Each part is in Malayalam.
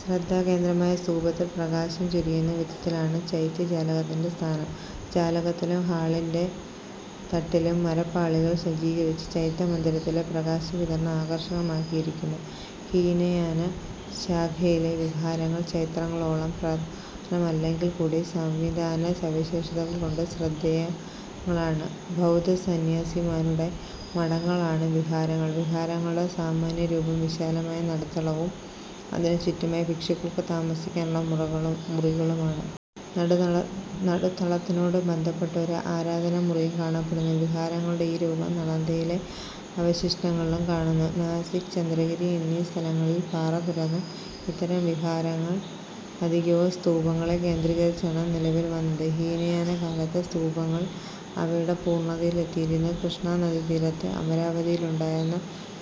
ശ്രദ്ധാകേന്ദ്രമായ സ്തൂപത്തിൽ പ്രകാശം ചൊരിയുന്ന വിധത്തിലാണ് ചൈത്യജാലകത്തിന്റെ സ്ഥാനം. ജാലകത്തിലും ഹാളിന്റെ തട്ടിലും മരപ്പാളികൾ സജ്ജീകരിച്ച് ചൈത്യമന്ദിരത്തിലെ പ്രകാശവിതരണം ആകർഷകമാക്കിയിരിക്കുന്നു. ഹീനയാന ശാഖയിലെ വിഹാരങ്ങൾ ചൈത്യങ്ങളോളം പ്രധാനമല്ലെങ്കിൽകൂടി സംവിധാന സവിശേഷതകൾ കൊണ്ട് ശ്രദ്ധേയങ്ങളാണ്. ബൗദ്ധസന്യാസിമാരുടെ മഠങ്ങളാണ് വിഹാരങ്ങൾ. വിഹാരങ്ങളുടെ സാമാന്യരൂപം, വിശാലമായ നടുത്തളവും അതിനു ചുറ്റുമായി ഭിക്ഷുക്കൾക്ക് താമസത്തിനുള്ള മുറികളുമാണ്. നടുത്തളത്തിനോടു ബന്ധപ്പെട്ട ഒരു ആരാധനാമുറിയും കാണപ്പെടുന്നു. വിഹാരങ്ങളുടെ ഈ രൂപം നളന്ദയിലെ അവശിഷ്ടങ്ങളിലും കാണുന്നു. നാസിക്, ചന്ദ്രഗിരി എന്നിസ്ഥലങ്ങളിൽ പാറ തുരന്ന് ഇത്തരം വിഹാരങ്ങൾ അധികവും സ്തൂപങ്ങളെ കേന്ദ്രീകരിച്ചാണ് നിലവിൽ വന്നത്. ഹീനയാനകാലത്ത് സ്തൂപങ്ങൾ അവയുടെ പൂർണതയിൽ എത്തിയിരുന്നു. കൃഷ്ണാനദീ തീരത്ത് അമരാവതിയിലുണ്ടായിരുന്ന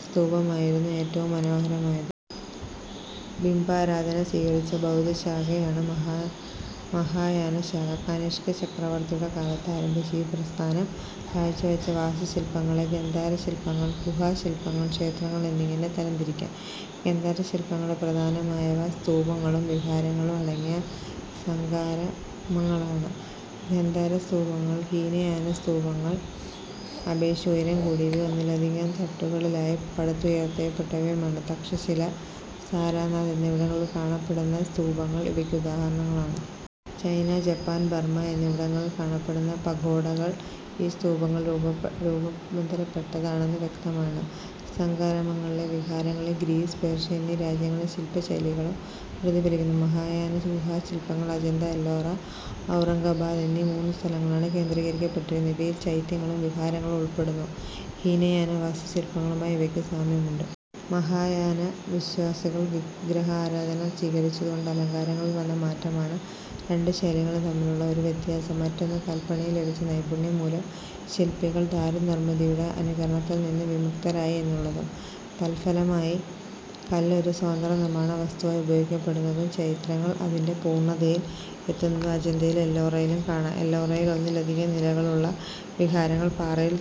സ്തൂപമായിരുന്നു ഏറ്റവും മനോഹരമായത്. ബിംബാരാധന സ്വീകരിച്ച ബൗദ്ധശാഖയാണ് മഹായാന ശാഖ. കനിഷ്ക ചക്രവർത്തിയുടെ കാലത്ത് ആരംഭിച്ച ഈ പ്രസ്ഥാനം കാഴ്ച്ചവച്ച വാസ്തുശില്പങ്ങളെ ഗന്ധാരശില്പങ്ങൾ, ഗുഹാശില്പങ്ങൾ, ക്ഷേത്രങ്ങൾ എന്നിങ്ങനെ തരംതിരിക്കാം. ഗന്ധാരശില്പങ്ങളിൽ പ്രധാനമായവ സ്തൂപങ്ങളും വിഹാരങ്ങളും അടങ്ങിയ സംഘാരാമങ്ങളാണ്. ഗന്ധാരസ്തൂപങ്ങൾ ഹീനയാനസ്തൂപങ്ങൾ അപേക്ഷിച്ച് ഉയരംകൂടിയവയും ഒന്നിലധികം തട്ടുകളിലായി പടുത്തുയർത്തപ്പെട്ടവയുമാണ്. തക്ഷശില, സാരാനാഥ് എന്നിവിടങ്ങളിൽ കാണപ്പെടുന്ന സ്തൂപങ്ങൾ ഇവയ്ക്കുദാഹരണങ്ങളാണ്. ചൈന, ജപ്പാൻ, ബർമ എന്നിവിടങ്ങളിൽ കാണപ്പെടുന്ന പഗോഡകൾ ഈ സ്തൂപങ്ങൾ രൂപാന്തരപ്പെട്ടതാണെന്നു വ്യക്തമാണ്. സംഘാരാമങ്ങളിലെ വിഹാരങ്ങളിൽ ഗ്രീസ്, പേർഷ്യ എന്നീ രാജ്യങ്ങളിലെ ശില്പശൈലികളും പ്രതിഫലിക്കുന്നു. മഹായാന ഗുഹാശില്പങ്ങൾ അജന്ത, എല്ലോറ, ഔറംഗാബാദ് എന്നീ മൂന്നു സ്ഥലങ്ങളാണ് കേന്ദ്രീകരിക്കപ്പെട്ടിരിക്കുന്നത്. ഇവയിൽ ചൈത്യങ്ങളും വിഹാരങ്ങളും ഉൾപ്പെടുന്നു. ഹീനയാന വാസ്തുശില്പങ്ങളുമായി ഇവയ്ക്കു സാമ്യമുണ്ട്. മഹായാന വിശ്വാസികൾ വിഗ്രഹാരാധന സ്വീകരിച്ചതുകൊണ്ട് അലങ്കാരങ്ങളിൽ വന്ന മാറ്റമാണ് രണ്ടു ശൈലികളും തമ്മിലുള്ള ഒരു വ്യത്യാസം; മറ്റൊന്ന് കല്പണിയിൽ ലഭിച്ച നൈപുണ്യം മൂലം ശില്പികൾ ദാരുനിർമിതിയുടെ അനുകരണത്തിൽ നിന്നു വിമുക്തരായി എന്നുള്ളതും. തത്ഫലമായി കല്ല് ഒരു സ്വതന്ത്ര നിർമ്മാണവസ്തുവായി ഉപയോഗിക്കപ്പെടുന്നതും ചൈത്യങ്ങൾ അതിന്റെ പൂർണതയിൽ എത്തുന്നതും അജന്തയിലും എല്ലോറയിലും കാണാം. എല്ലോറയിൽ ഒന്നിലധികം നിലകളുള്ള വിഹാരങ്ങൾ പാറയിൽ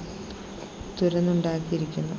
തുരന്നുണ്ടാക്കിയിരിക്കുന്നു